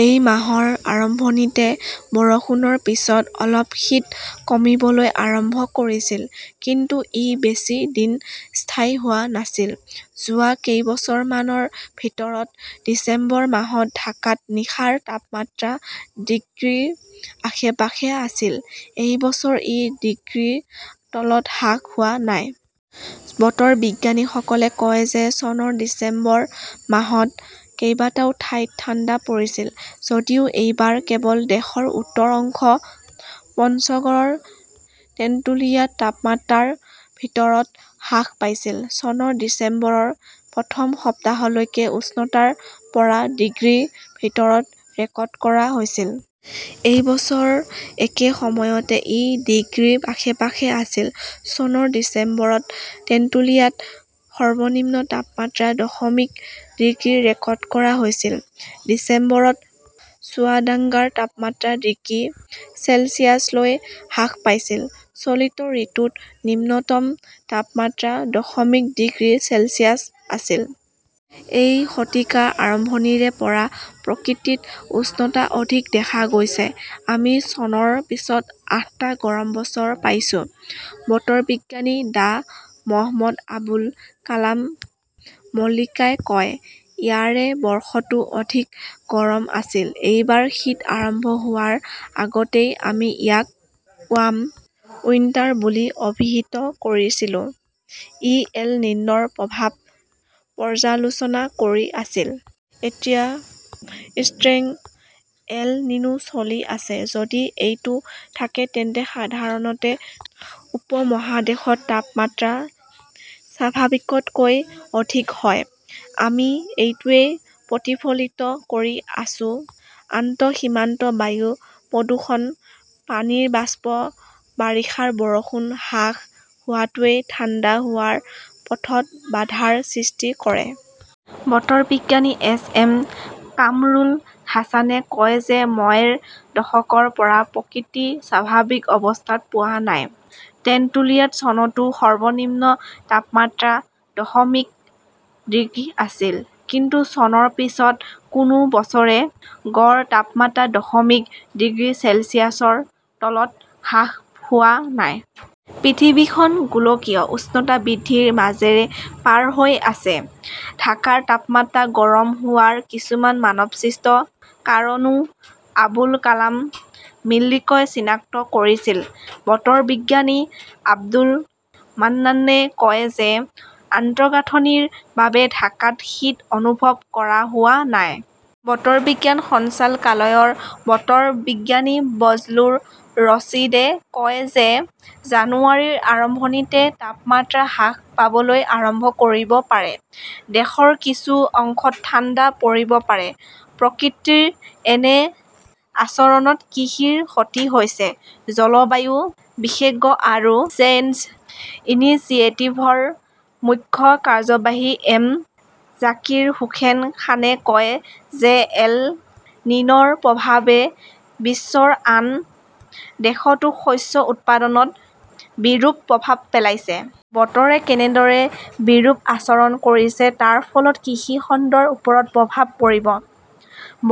এই মাহৰ আৰম্ভণিতে বৰষুণৰ পিছত অলপ শীত কমিবলৈ আৰম্ভ কৰিছিল। কিন্তু ই বেছি দিন স্থায়ী হোৱা নাছিল। যোৱা কেইবছৰমানৰ ভিতৰত ডিচেম্বৰ মাহত ঢাকাত নিশাৰ তাপমাত্ৰা ডিগ্ৰীৰ আশে-পাশে আছিল। এই বছৰ ই ডিগ্ৰীৰ তলত হ্ৰাস হোৱা নাই। বতৰ বিজ্ঞানীসকলে কয় যে চনৰ ডিচেম্বৰ মাহত কেইবাটাও ঠাইত ঠাণ্ডা পৰিছিল যদিও এইবাৰ কেৱল দেশৰ উত্তৰ অংশ পঞ্চগড়ৰ তেন্তুলিয়াত তাপমাত্ৰা ৰ ভিতৰত হ্ৰাস পাইছিল। চনৰ ডিচেম্বৰৰ প্ৰথম সপ্তাহলৈকে উষ্ণতা ৰ পৰা ডিগ্ৰীৰ ভিতৰত ৰেকৰ্ড কৰা হৈছিল। এই বছৰ একে সময়তে ই ডিগ্ৰীৰ আশে-পাশে আছিল। চনৰ ডিচেম্বৰত তেন্তুলিয়াত সৰ্বনিম্ন তাপমাত্ৰা দশমিক ডিগ্ৰী ৰেকৰ্ড কৰা হৈছিল; ডিচেম্বৰত চুৱাদাংগাৰ তাপমাত্ৰা ডিগ্ৰী চেলছিয়াছলৈ হ্ৰাস পাইছিল। চলিত ঋতুত নিম্নতম তাপমাত্ৰা দশমিক ডিগ্ৰী চেলছিয়াছ আছিল। এই শতিকাৰ আৰম্ভণিৰে পৰা প্ৰকৃতিত উষ্ণতা অধিক দেখা গৈছে। আমি চনৰ পিছত আঠটা গৰম বছৰ পাইছো ", বতৰ বিজ্ঞানী ডাঃ মহম্মদ আবুল কালাম মল্লিকই কয়। ইয়াৰে বৰ্ষটো অধিক গৰম আছিল। এইবাৰ শীত আৰম্ভ হোৱাৰ আগতেই আমি ইয়াক ৱাৰ্ম উইণ্টাৰ বুলি অভিহিত কৰিছিলো; ই এল নিন "ৰ প্ৰভাৱ পৰ্যালোচনা কৰি আছিল। এতিয়া ষ্ট্ৰং এল নিনো চলি আছে। যদি এইটো থাকে তেন্তে সাধাৰণতে উপমহাদেশত তাপমাত্ৰা স্বাভাৱিকতকৈ অধিক হয়, আমি এইটোৱেই প্ৰতিফলিত কৰি আছো। আন্তঃসীমান্ত বায়ু প্ৰদূষণ, পানীৰ বাষ্প, বাৰিষাৰ বৰষুণ হ্ৰাস হোৱাটোৱে ঠাণ্ডা হোৱাৰ পথত বাধাৰ সৃষ্টি কৰে। বতৰ বিজ্ঞানী এছ এম কামৰুল হাছানে কয় যে মই ৰ দশকৰ পৰা প্ৰকৃতি স্বাভাৱিক অৱস্থাত পোৱা নাই। টেন্টুলিয়াত চনতও সৰ্বনিম্ন তাপমাত্ৰা দশমিক ডিগ্ৰী আছিল। কিন্তু চনৰ পিছত কোনো বছৰে গড় তাপমাত্ৰা দশমিক ডিগ্ৰী চেলছিয়াছৰ তলত হ্ৰাস হোৱা নাই। পৃথিৱীখন গোলকীয় উষ্ণতা বৃদ্ধিৰ মাজেৰে পাৰ হৈ আছে। ঢাকাৰ তাপমাত্ৰা গৰম হোৱাৰ কিছুমান মানৱসৃষ্ট কাৰণও আবুল কালাম মল্লিকই চিনাক্ত কৰিছিল। বতৰ বিজ্ঞানী আব্দুল মান্নানে কয় যে আন্তঃগাঁথনিৰ বাবে ঢাকাত শীত অনুভৱ কৰা হোৱা নাই। বতৰ বিজ্ঞান সঞ্চালকালয়ৰ বতৰ বিজ্ঞানী বজলুৰ ৰছিদে কয় যে জানুৱাৰীৰ আৰম্ভণিতে তাপমাত্ৰা হ্ৰাস পাবলৈ আৰম্ভ কৰিব পাৰে। দেশৰ কিছু অংশত ঠাণ্ডা পৰিব পাৰে। প্ৰকৃতিৰ এনে আচৰণত কৃষিৰ ক্ষতি হৈছে। জলবায়ু বিশেষজ্ঞ আৰু চেঞ্জ ইনিচিয়েটিভৰ মুখ্য কাৰ্যবাহী এম জাকিৰ হোসেন খানে কয় যে এল নিন "ৰ প্ৰভাৱে বিশ্বৰ আন দেশতো শস্য উৎপাদনত বিৰূপ প্ৰভাৱ পেলাইছে। বতৰে কেনেদৰে বিৰূপ আচৰণ কৰিছে তাৰ ফলত কৃষি খণ্ডৰ ওপৰত প্ৰভাৱ পৰিব।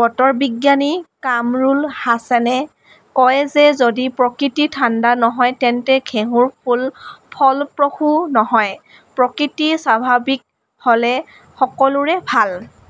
বতৰ বিজ্ঞানী কামৰুল হাছানে কয় যে যদি প্ৰকৃতি ঠাণ্ডা নহয় তেন্তে ঘেঁহুৰ ফুল ফলপ্ৰসূ নহয়। প্ৰকৃতি স্বাভাৱিক হ "লে সকলোৰে ভাল।